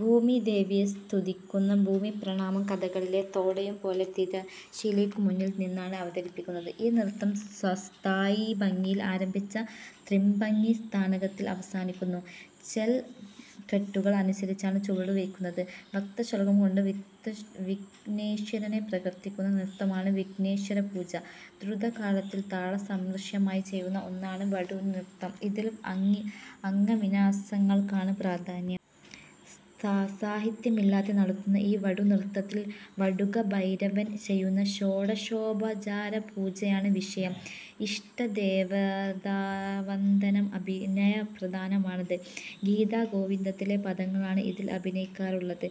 ഭൂമിദേവിയെ സ്തുതിക്കുന്ന ഭൂമിപ്രണാമം കഥകളിയിലെ തോടയം പോലെ തിരശീലയ്ക്കു പിന്നിൽ നിന്നാണ് അവതരിപ്പിക്കുന്നത്. ഈ നൃത്തം സ്ഥായിഭംഗിയിൽ ആരഭിച്ച് ത്രിഭംഗി സ്ഥാനകത്തിൽ അവസാനിക്കുന്നു. ചൊൽക്കെട്ടുകൾ അനുസരിച്ചാണ് ചുവടുവയ്ക്കുന്നത്. വന്ദശ്ലൊകം കൊണ്ട് വിഘ്നേശ്വരനെ പ്രകീർത്തിക്കുന്ന നൃത്തമാണ് വിഘ്നേശ്വരപൂജ. ദ്രുതകാലത്തിൽ താളസമ്മിശ്രമായി ചെയ്യുന്ന ഒന്നാണ് വടുനൃത്തം. ഇതിൽ അംഗവിന്യാസങ്ങൾക്കാണ് പ്രാധാന്യം. സാഹിത്യമില്ലാതെ നടത്തുന്ന ഈ വടുനൃത്തത്തിൽ വടുകഭൈരവൻ ചെയ്യുന്ന ഷോഡശോപചാര പൂജയാണ് വിഷയം. ഇഷ്ടദേവതാവന്ദനം അഭിനയപ്രധാനമാണ്. ഗീതഗോവിന്ദത്തിലെ പദങ്ങളാണ് ഇതിൽ അഭിനയിക്കാറുള്ളത്.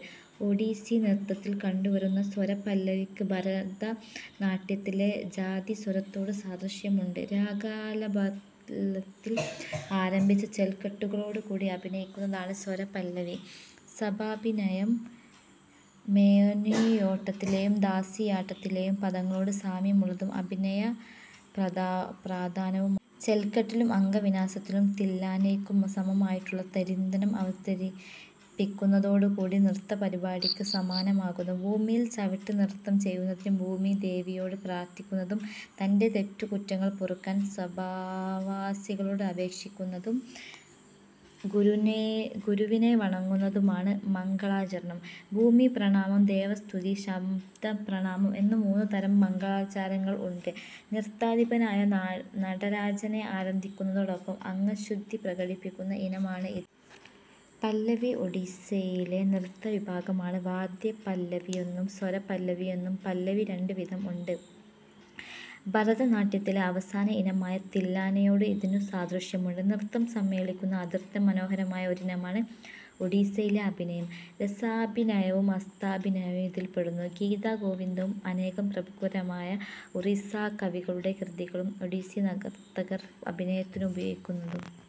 ഒഡീസി നൃത്തത്തിൽ കണ്ടുവരുന്ന സ്വരപല്ലവിക്ക് ഭരതനാട്യത്തിലെ ജാതിസ്വരത്തോടു സാദൃശ്യമുണ്ട്. രാഗാലാപത്തിൽ ആരംഭിച്ച് ചൊൽക്കെട്ടുകളോടുകൂടി അഭിനയിക്കുന്നതാണ് സ്വരപല്ലവി. സഭാഭിനയം മോനിയാട്ടത്തിലേയും ദാസിയാട്ടത്തിലെയും പദങ്ങളോട് സാമ്യമുള്ളതും അഭിനയ പ്രധാനവുമാണ്. ചൊൽക്കെട്ടിലും അംഗവിന്യാസത്തിലും തില്ലാനയ്ക്കു സമമായിട്ടുള്ള തരിത്ധം അവതരിപ്പിക്കുന്നതോടുകൂടി നൃത്തപരിപാടിക്ക് സമാപനമാകുന്നു. ഭൂമിയിൽ ചവിട്ടി നൃത്തം ചെയ്യുന്നതിനു ഭൂമിദേവിയോട് പ്രാർത്ഥിക്കുന്നതും തന്റെ തെറ്റുകുറ്റങ്ങൾ പൊറുക്കാൻ സഭാവാസികളോട് അപേക്ഷിക്കുന്നതും, ഗുരുവിനെ വണങ്ങുന്നതുമാണ് "മംഗളാചരണം". ഭൂമിപ്രണാമം, ദേവസ്തുതി, ശബ്ദപ്രണാമം, എന്നു മൂന്നു തരം മംഗളാചരണങ്ങൾ ഉണ്ട്. നൃത്താധിപനായ നടരാജനെ ആരാധിക്കുന്നതോടൊപ്പം അംഗശുദ്ധി പ്രകടിപ്പിക്കുന്ന ഇനമാണ് ഇത്. പല്ലവി" ഒഡിസ്സിയിലെ നൃത്തവിഭാഗമാണ്. വാദ്യപല്ലവിയെന്നും, സ്വരപല്ലവിയെന്നും പല്ലവി രണ്ട് വിധം ഉണ്ട്. ഭരതനാട്യത്തിലെ അവസാന ഇനമായ തില്ലാനയോട് ഇതിനു സാദൃശ്യമുണ്ട്. നൃത്തം സമ്മേളിക്കുന്ന അത്യന്തം മനോഹരമായ ഒരിനമാണ് ഒഡിസ്സിയിലെ "അഭിനയം". രസാഭിനയവും ഹസ്താഭിനയവും ഇതിൽപെടുന്നു. ഗീതഗോവിന്ദവും, അനേകം പ്രമുഖരായ ഒറിസ്സാകവികളുടെ കൃതികളും ഒഡിസ്സി നർത്തകർ അഭിനയത്തിനു ഉപയോഗിക്കുന്നു.